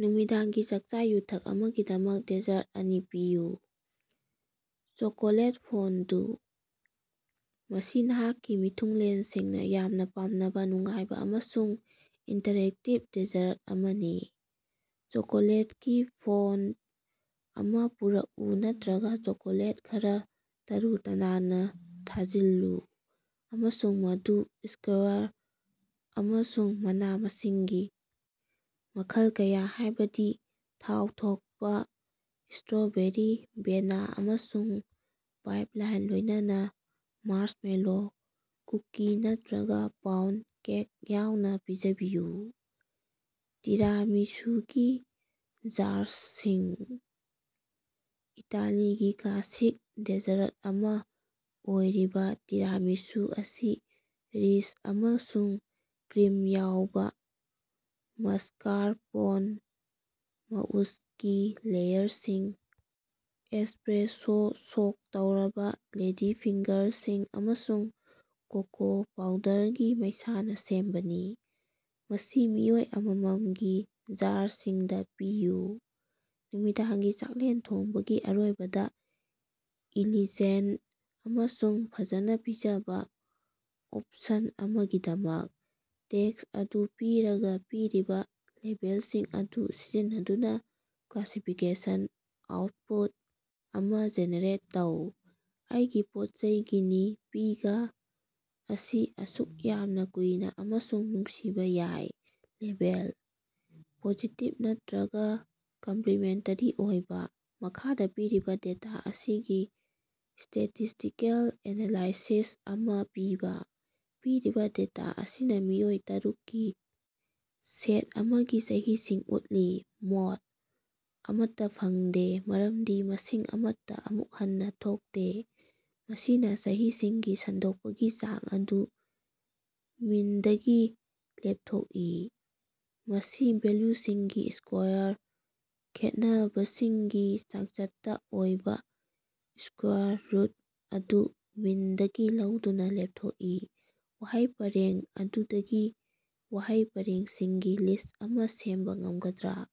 ꯅꯨꯃꯤꯗꯥꯡꯒꯤ ꯆꯥꯀꯆꯥ-ꯌꯨꯊꯛ ꯑꯃꯒꯤꯗꯃꯛ ꯗꯦꯖꯔꯠ ꯑꯅꯤ ꯄꯤꯌꯨ꯫ ꯆꯣꯀꯣꯂꯦꯠ ꯐꯣꯟꯗꯨ: ꯃꯁꯤ ꯅꯍꯥꯛꯀꯤ ꯃꯤꯊꯨꯡꯂꯦꯟꯁꯤꯡꯅ ꯌꯥꯝꯅ ꯄꯥꯝꯅꯕ ꯅꯨꯡꯉꯥꯏꯕ ꯑꯃꯁꯨꯡ ꯏꯟꯇꯔꯦꯛꯇꯤꯕ ꯗꯦꯖꯔꯠ ꯑꯃꯅꯤ꯫ ꯆꯣꯀꯣꯂꯦꯠꯀꯤ ꯐꯣꯟ ꯑꯃ ꯄꯨꯔꯛꯎ ꯅꯠꯇ꯭ꯔꯒ ꯆꯣꯀꯣꯂꯦꯠ ꯈꯔꯥ ꯇꯔꯨ ꯇꯅꯥꯟꯅ ꯊꯖꯤꯜꯂꯨ ꯑꯃꯁꯨꯡ ꯃꯗꯨ ꯁ꯭ꯀꯦꯋꯔ ꯑꯃꯁꯨꯡ ꯃꯅꯥ-ꯃꯁꯤꯡꯒꯤ ꯃꯈꯜ ꯀꯌ, ꯍꯥꯏꯕꯗꯤ ꯊꯥꯎ ꯊꯣꯛꯄ ꯁ꯭ꯇꯔꯣꯕꯦꯔꯤ, ꯕꯦꯅꯥ, ꯑꯃꯁꯨꯡ ꯄꯥꯏꯞꯂꯥꯏꯟ, ꯂꯣꯏꯅꯅ ꯃꯥꯔꯁꯃꯦꯂꯣ, ꯀꯨꯀꯤ ꯅꯠꯇꯔꯒ ꯄꯥꯎꯟꯗ ꯀꯦꯛ ꯌꯥꯎꯅ ꯄꯤꯖꯕꯤꯌꯨ꯫ ꯇꯤꯔꯥꯃꯤꯁꯨꯒꯤ ꯖꯥꯔꯁꯁꯤꯡ: ꯏꯇꯥꯂꯤꯒꯤ ꯀ꯭ꯂꯥꯁꯤꯛ ꯗꯦꯖꯔꯠ ꯑꯃ ꯑꯣꯏꯔꯤꯕ ꯇꯤꯔꯥꯃꯤꯁꯨ ꯑꯁꯤ ꯔꯤꯆ ꯑꯃꯁꯨꯡ ꯀ꯭ꯔꯤꯝ ꯌꯥꯎꯕ ꯃꯁꯀꯥꯔꯄꯣꯟ ꯃꯎꯁꯀꯤ ꯂꯦꯌꯔꯁꯤꯡ, ꯑꯦꯁꯄ꯭ꯔꯦꯁꯣ ꯁꯣꯛ ꯇꯧꯔꯕ ꯂꯦꯗꯤꯐꯤꯡꯒꯔꯁꯤꯡ, ꯑꯃꯁꯨꯡ ꯀꯣꯀꯣ ꯄꯥꯎꯗꯔꯒꯤ ꯃꯩꯁꯥꯅ ꯁꯦꯝꯕꯅꯤ꯫ ꯃꯁꯤ ꯃꯤꯑꯣꯏ ꯑꯃꯃꯝꯒꯤ ꯖꯥꯔꯁꯤꯡꯗ ꯄꯤꯌꯨ, ꯅꯨꯃꯤꯗꯥꯡꯒꯤ ꯆꯥꯛꯂꯦꯟ ꯊꯣꯡꯕꯒꯤ ꯑꯔꯣꯏꯕꯗ ꯏꯂꯤꯖꯦꯟꯠ ꯑꯃꯁꯨꯡ ꯐꯖꯅ ꯄꯤꯖꯕ ꯑꯣꯄꯁꯟ ꯑꯃꯒꯤꯗꯃꯛ꯫ ꯇꯦꯛꯁ ꯑꯗꯨ ꯄꯤꯔꯒ, ꯄꯤꯔꯤꯕ ꯂꯦꯕꯦꯜꯁꯤꯡ ꯑꯗꯨ ꯁꯤꯖꯤꯟꯅꯗꯨꯅ ꯀ꯭ꯂꯥꯁꯤꯐꯤꯀꯦꯁꯟ ꯑꯥꯎꯠꯄꯨꯠ ꯑꯃ ꯖꯦꯅꯦꯔꯦꯠ ꯇꯧ꯫ ꯑꯩꯒꯤ ꯄꯣꯠꯆꯩ ꯒꯤꯅꯤ ꯄꯤꯒ ꯑꯁꯤ ꯑꯁꯨꯛ ꯌꯥꯝꯅ ꯀꯨꯏꯅ ꯑꯃꯁꯨꯡ ꯅꯨꯡꯁꯤꯕ ꯌꯥꯏ꯫ ꯂꯦꯕꯦꯜ: ꯄꯣꯖꯤꯇꯤꯕ ꯅꯥꯠꯇ꯭ꯔꯒ ꯀꯝꯄ꯭ꯂꯤꯃꯦꯟꯇꯔꯤ ꯑꯣꯏꯕ꯫ ꯃꯈꯥꯗ ꯄꯤꯔꯤꯕ ꯗꯦꯇꯥ ꯑꯁꯤꯒꯤ ꯁ꯭ꯇꯦꯇꯤꯁ꯭ꯇꯤꯀꯦꯜ ꯑꯦꯅꯥꯂꯥꯏꯁꯤꯁ ꯑꯃ ꯄꯤꯕ꯫ ꯄꯤꯔꯤꯕ ꯗꯦꯇꯥ ꯑꯁꯤꯅ ꯃꯤꯑꯣꯏ ꯇꯔꯨꯛ ꯀꯤ ꯁꯦꯠ ꯑꯃꯒꯤ ꯆꯍꯤꯁꯤꯡ ꯎꯠꯂꯤ꯫ ꯃꯣꯗ: ꯑꯃꯠꯇ ꯐꯪꯗꯦ, ꯃꯔꯝꯗꯤ ꯃꯁꯤꯡ ꯑꯃꯠꯇ ꯑꯃꯨꯛ ꯍꯟꯅ ꯊꯣꯛꯇꯦ꯫ ꯃꯁꯤꯅ ꯆꯍꯤꯁꯤꯡꯒꯤ ꯁꯟꯗꯣꯛꯄꯒꯤ ꯆꯥꯡ ꯑꯗꯨ ꯃꯤꯟꯗꯒꯤ ꯂꯦꯞꯊꯣꯛꯏ꯫ ꯃꯁꯤ ꯚꯦꯂ꯭ꯌꯨꯁꯤꯡꯒꯤ ꯁ꯭ꯀꯣꯌꯔ ꯈꯦꯠꯅꯕꯁꯤꯡꯒꯤ ꯆꯥꯡꯆꯠꯇ ꯑꯣꯏꯕ ꯁ꯭ꯀꯋꯦꯔ ꯔꯨꯠ ꯑꯗꯨ ꯃꯤꯟꯗꯒꯤ ꯂꯧꯗꯨꯅ ꯂꯦꯞꯊꯣꯛꯏ꯫ ꯋꯥꯍꯩ ꯄꯔꯦꯡ ꯑꯗꯨꯗꯒꯤ ꯋꯥꯍꯩ ꯄꯔꯦꯡꯁꯤꯡꯒꯤ ꯂꯤꯁ ꯑꯃ ꯁꯦꯝꯕ ꯉꯝꯒꯗ꯭ꯔꯥ?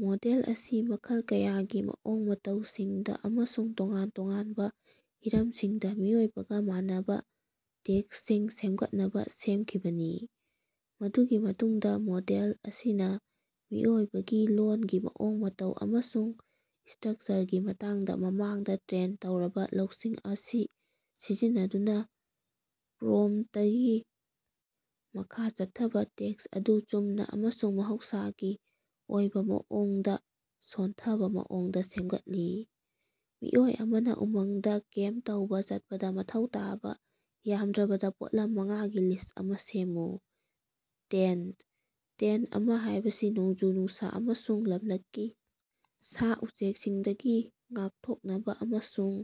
ꯃꯣꯗꯦꯜ ꯑꯁꯤ ꯃꯈꯜ ꯀꯌꯥꯒꯤ ꯃꯑꯣꯡ ꯃꯇꯧꯁꯤꯡꯗ ꯑꯃꯁꯨꯡ ꯇꯣꯉꯥꯟ ꯇꯣꯉꯥꯟꯕ ꯍꯤꯔꯝꯁꯤꯡꯗ ꯃꯤꯑꯣꯏꯕꯒ ꯃꯥꯟꯅꯕ ꯇꯦꯛꯁꯁꯤꯡ ꯁꯦꯝꯒꯠꯅꯕ ꯁꯦꯝꯈꯤꯕꯅꯤ꯫ ꯃꯗꯨꯒꯤ ꯃꯇꯨꯡꯗ ꯃꯣꯗꯦꯜ ꯑꯁꯤꯅ ꯃꯤꯑꯣꯏꯕꯒꯤ ꯂꯣꯜꯒꯤ ꯃꯑꯣꯡ ꯃꯇꯧ ꯑꯃꯁꯨꯡ ꯁ꯭ꯇꯔꯛꯆꯔꯒꯤ ꯃꯇꯥꯡꯗ ꯃꯃꯥꯡꯗ ꯇ꯭ꯔꯦꯟ ꯇꯧꯔꯕ ꯂꯧꯁꯤꯡ ꯑꯁꯤ ꯁꯤꯖꯤꯟꯅꯗꯨꯅ ꯄ꯭ꯔꯣꯝꯞꯇꯒꯤ ꯃꯈꯥ ꯆꯠꯊꯕ ꯇꯦꯛꯁ ꯑꯗꯨ ꯆꯨꯝꯅ ꯑꯃꯁꯨꯡ ꯃꯍꯧꯁꯥꯒꯤ ꯑꯣꯏꯕ ꯃꯑꯣꯡꯗ ꯁꯣꯟꯊꯕ ꯃꯑꯣꯡꯗ ꯁꯦꯝꯒꯠꯂꯤ꯫ ꯃꯤꯑꯣꯏ ꯑꯃꯅ ꯎꯃꯪꯗ ꯀꯦꯝꯞ ꯇꯧꯕ ꯆꯠꯄꯗ ꯃꯊꯧ ꯇꯥꯕ ꯌꯥꯝꯗ꯭ꯔꯕꯗ ꯄꯣꯠꯂꯝ ꯃꯉꯥꯒꯤ ꯂꯤꯁ ꯑꯃ ꯁꯦꯝꯃꯨ꯫ ꯇꯦꯟꯠ: ꯇꯦꯟꯠ ꯑꯃ ꯍꯥꯏꯕꯁꯤ ꯅꯣꯡꯖꯨ-ꯅꯨꯡꯁ ꯑꯃꯁꯨꯡ ꯂꯝꯂꯛꯀꯤ ꯁꯥ-ꯎꯆꯦꯛꯁꯤꯡꯗꯒꯤ ꯉꯥꯛꯊꯣꯛꯅꯕ ꯑꯃꯁꯨꯡ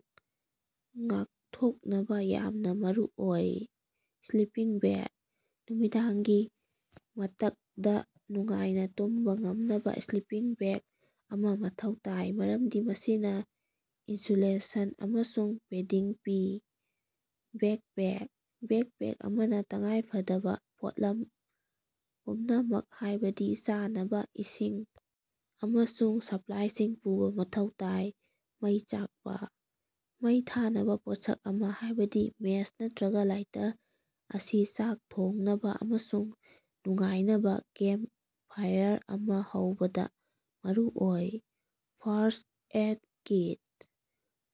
ꯉꯥꯛꯊꯣꯛꯅꯕ ꯌꯥꯝꯅ ꯃꯔꯨꯑꯣꯏ꯫ ꯁ꯭ꯂꯤꯄꯤꯡ ꯕꯦꯒ: ꯅꯨꯃꯤꯗꯥꯡꯒꯤ ꯃꯇꯛꯗ ꯅꯨꯡꯉꯥꯏꯅ ꯇꯨꯝꯕ ꯉꯝꯅꯕ ꯁ꯭ꯂꯤꯄꯤꯡ ꯕꯦꯒ ꯑꯃ ꯃꯊꯧ ꯇꯥꯏ, ꯃꯔꯝꯗꯤ ꯃꯁꯤꯅ ꯏꯟꯁꯨꯂꯦꯁꯟ ꯑꯃꯁꯨꯡ ꯄꯦꯗꯤꯡ ꯄꯤ꯫ ꯕꯦꯛꯄꯦꯛ: ꯕꯦꯛꯄꯦꯛ ꯑꯃꯅ ꯇꯉꯥꯏꯐꯗꯕ ꯄꯣꯠꯂꯝ ꯄꯨꯝꯅꯃꯛ, ꯍꯥꯏꯕꯗꯤ ꯆꯥꯅꯕ, ꯏꯁꯤꯡ, ꯑꯃꯁꯨꯡ ꯁꯄ꯭ꯂꯥꯏꯁꯤꯡ ꯄꯨꯕ ꯃꯊꯧ ꯇꯥꯏ꯫ ꯃꯩ ꯆꯥꯛꯄ: ꯃꯩ ꯊꯥꯅꯕ ꯄꯣꯠꯁꯛ ꯑꯃ, ꯍꯥꯏꯕꯗꯤ ꯃꯦꯆ ꯅꯠꯇ꯭ꯔꯒ ꯂꯥꯏꯇꯔ ꯑꯁꯤ ꯆꯥꯛ ꯊꯣꯡꯅꯕ ꯑꯃꯁꯨꯡ ꯅꯨꯡꯉꯥꯏꯅꯕ ꯀꯦꯝꯞ ꯐꯥꯏꯑꯔ ꯑꯃ ꯍꯧꯕꯗ ꯃꯔꯨꯑꯣꯏ first aid kit: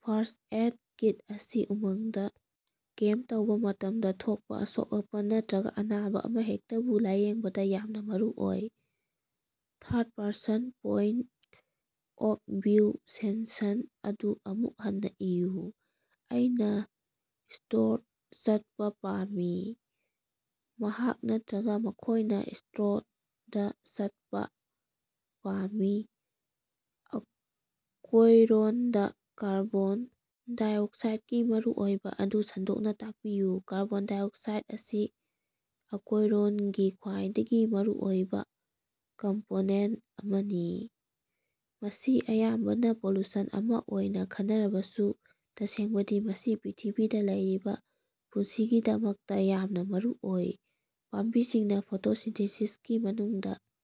first aid kit ꯑꯁꯤ ꯎꯃꯪꯗ ꯀꯦꯝꯞ ꯇꯧꯕ ꯃꯇꯝꯗ ꯊꯣꯛꯄ ꯑꯁꯣꯛ-ꯑꯄꯟ ꯅꯠꯇ꯭ꯔꯒ ꯑꯅꯥꯕ ꯑꯃꯍꯦꯛꯇꯕꯨ ꯂꯥꯌꯦꯡꯕꯗ ꯌꯥꯝꯅ ꯃꯔꯨꯑꯣꯏ꯫ ꯊꯥꯔꯗ ꯄꯔꯁꯟ ꯄꯣꯏꯟꯠ ꯑꯣꯐ ꯚꯤꯎꯗ ꯁꯦꯟꯁꯟ ꯑꯗꯨ ꯑꯃꯨꯛ ꯍꯟꯅ ꯏꯌꯨ꯫ ꯑꯩꯅ ꯁ꯭ꯇꯣꯔꯗ ꯆꯠꯄ ꯄꯥꯝꯃꯤ꯫ ꯃꯍꯥꯛ ꯅꯠꯇ꯭ꯔꯒ ꯃꯈꯣꯏꯅ ꯁ꯭ꯇꯣꯔꯗ ꯆꯠꯄ ꯄꯥꯝꯃꯤ꯫ ꯑꯀꯣꯢꯔꯣꯟꯗ ꯀꯥꯔꯕꯣꯟ ꯗꯥꯏꯑꯣꯛꯁꯥꯏꯗꯀꯤ ꯃꯔꯨꯑꯣꯏꯕ ꯑꯗꯨ ꯁꯟꯗꯣꯛꯅ ꯇꯥꯛꯄꯤꯌꯨ꯫ ꯀꯥꯔꯕꯣꯟ ꯗꯥꯏꯑꯣꯛꯁꯥꯏꯗ ꯑꯁꯤ ꯑꯀꯣꯌꯔꯣꯟꯒꯤ ꯈ꯭ꯋꯥꯏꯗꯒꯤ ꯃꯔꯨꯑꯣꯏꯕ ꯀꯝꯄꯣꯅꯦꯟꯠ ꯑꯃꯅꯤ꯫ ꯃꯁꯤ ꯑꯌꯥꯝꯕꯅ ꯄꯣꯂꯨꯁꯟ ꯑꯃ ꯑꯣꯏꯅ ꯈꯟꯅꯔꯕꯁꯨ, ꯇꯁꯦꯡꯕꯗꯤ ꯃꯁꯤ ꯄ꯭ꯔꯤꯊꯤꯕꯤꯗ ꯂꯩꯔꯤꯕ ꯄꯨꯟꯁꯤꯒꯤꯗꯃꯛꯇ ꯌꯥꯝꯅ ꯃꯔꯨꯑꯣꯏ꯫ ꯄꯥꯝꯕꯤꯁꯤꯡꯅ ꯐꯣꯇꯣꯁꯤꯟꯊꯦꯁꯤꯁꯀꯤ ꯃꯅꯨꯡꯗ꯫